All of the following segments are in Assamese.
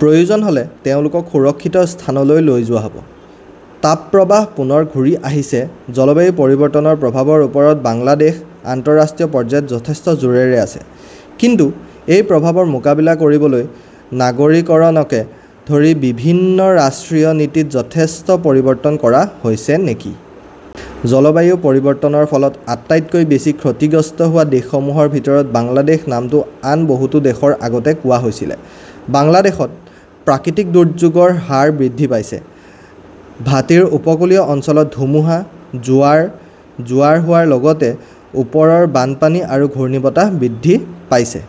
প্ৰয়োজন হ'লে তেওঁলোকক সুৰক্ষিত স্থানলৈ লৈ যোৱা হ'ব। তাপপ্ৰবাহ পুনৰ ঘূৰি আহিছে জলবায়ু পৰিৱৰ্তনৰ প্ৰভাৱৰ ওপৰত বাংলাদেশ আন্তঃৰাষ্ট্ৰীয় পৰ্যায়ত যথেষ্ট জোৰেৰে আছে। কিন্তু এই প্ৰভাৱৰ মোকাবিলা কৰিবলৈ নগৰীকৰণকে ধৰি বিভিন্ন ৰাষ্ট্ৰীয় নীতিত যথেষ্ট পৰিৱৰ্তন কৰা হৈছে নেকি? জলবায়ু পৰিৱৰ্তনৰ ফলত আটাইতকৈ বেছি ক্ষতিগ্ৰস্ত হোৱা দেশসমূহৰ ভিতৰত বাংলাদেশ নামটো আন বহুতো দেশৰ আগতে কোৱা হৈছিল। বাংলাদেশত প্ৰাকৃতিক দুৰ্যোগৰ হাৰ বৃদ্ধি পাইছে। ভাটিৰ উপকূলীয় অঞ্চলত ধুমুহা, জোৱাৰ-জোৱাৰ হোৱাৰ লগতে ওপৰত বানপানী আৰু ঘূৰ্ণীবতাহ বৃদ্ধি পাইছে।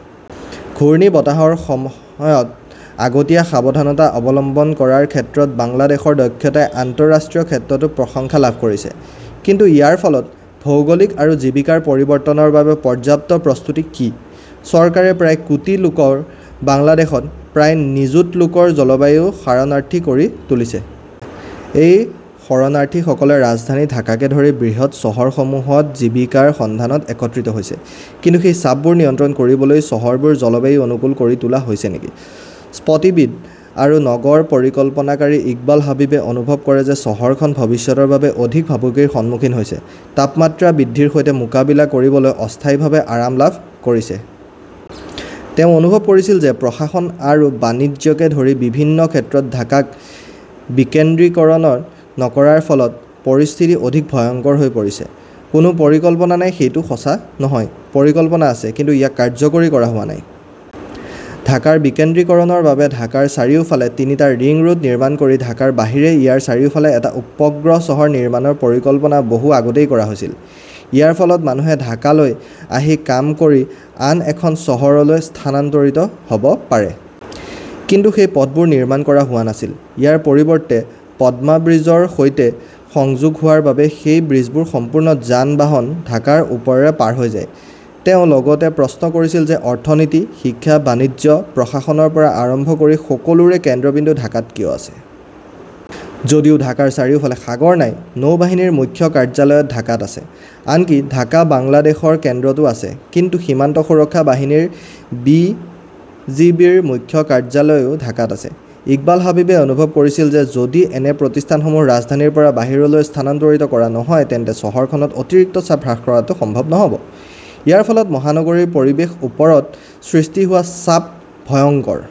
ঘূৰ্ণীবতাহৰ সময়ত আগতীয়া সাৱধানতা অৱলম্বন কৰাৰ ক্ষেত্ৰত বাংলাদেশৰ দক্ষতাই আন্তঃৰাষ্ট্ৰীয় ক্ষেত্ৰতো প্ৰশংসা লাভ কৰিছে। কিন্তু ইয়াৰ ফলত ভৌগোলিক আৰু জীৱিকাৰ পৰিৱৰ্তনৰ বাবে পৰ্যাপ্ত প্ৰস্তুতি কি? চৰকাৰে প্ৰায় কোটি লোকৰ বাংলাদেশত প্ৰায় নিযুত লোকক জলবায়ু শৰণাৰ্থী কৰি তুলিছে। এই শৰণাৰ্থীসকলে ৰাজধানী ঢাকাকে ধৰি বৃহৎ চহৰসমূহত জীৱিকাৰ সন্ধানত একত্ৰিত হৈছে। কিন্তু সেই চাপবোৰ নিয়ন্ত্ৰণ কৰিবলৈ চহৰবোৰ জলবায়ু অনুকূল কৰি তোলা হৈছে নেকি? স্থপতিবিদ আৰু নগৰ পৰিকল্পনাকাৰী ইকবাল হাবিবে অনুভৱ কৰে যে চহৰখন ভৱিষ্যতৰ বাবে অধিক ভাবুকিৰ সন্মুখীন হৈছে, তাপমাত্ৰা বৃদ্ধিৰ সৈতে মোকাবিলা কৰিবলৈ অস্থায়ীভাৱে আৰাম লাভ কৰিছে। তেওঁ অনুভৱ কৰিছিল যে প্ৰশাসন আৰু বাণিজ্যকে ধৰি বিভিন্ন ক্ষেত্ৰত ঢাকাক বিকেন্দ্ৰীকৰণ নকৰাৰ ফলত পৰিস্থিতি অধিক ভয়ংকৰ হৈ পৰিছে। "কোনো পৰিকল্পনা নাই সেইটো সঁচা নহয়। পৰিকল্পনা আছে, কিন্তু ইয়াক কাৰ্যকৰী কৰা হোৱা নাই। ঢাকাৰ বিকেন্দ্ৰীকৰণৰ বাবে ঢাকাৰ চাৰিওফালে তিনিটা ৰিং ৰোড নিৰ্মাণ কৰি ঢাকাৰ বাহিৰে ইয়াৰ চাৰিওফালে এটা উপগ্ৰহ চহৰ নিৰ্মাণৰ পৰিকল্পনা বহু আগতেই কৰা হৈছিল। ইয়াৰ ফলত মানুহে ঢাকালৈ আহি কাম কৰি আন এখন চহৰলৈ স্থানান্তৰিত হ'ব পাৰে। কিন্তু সেই পথবোৰ নিৰ্মাণ কৰা হোৱা নাছিল। ইয়াৰ পৰিৱৰ্তে, পদ্মা ব্ৰীজৰ সৈতে সংযোগ হোৱাৰ বাবে সেই ব্ৰীজটোৰ সম্পূৰ্ণ যান-বাহন ঢাকাৰ ওপৰেৰে পাৰ হৈ যায়। তেওঁ লগতে প্ৰশ্ন কৰিছিল যে অৰ্থনীতি, শিক্ষা, বাণিজ্য, প্ৰশাসনৰ পৰা আৰম্ভ কৰি সকলোৰে কেন্দ্ৰবিন্দু ঢাকাত কিয় আছে। যদিও ঢাকাৰ চাৰিওফালে সাগৰ নাই, নৌবাহিনীৰ মুখ্য কাৰ্যালয় ঢাকাত আছে, আনকি ঢাকা বাংলাদেশৰ কেন্দ্ৰতো আছে, কিন্তু সীমান্ত সুৰক্ষা বাহিনীৰ বিজিবিৰ মুখ্য কাৰ্যালয়ও ঢাকাত আছে। ইকবাল হাবিবে অনুভৱ কৰিছিল যে, যদি এনে প্ৰতিষ্ঠানসমূহ ৰাজধানীৰ বাহিৰলৈ স্থানান্তৰিত কৰা নহয়, তেন্তে চহৰখনত অতিৰিক্ত চাপ হ্ৰাস কৰাটো সম্ভৱ নহ'ব। ইয়াৰ ফলত মহানগৰীৰ পৰিৱেশৰ ওপৰত সৃষ্টি হোৱা চাপ ভয়ংকৰ।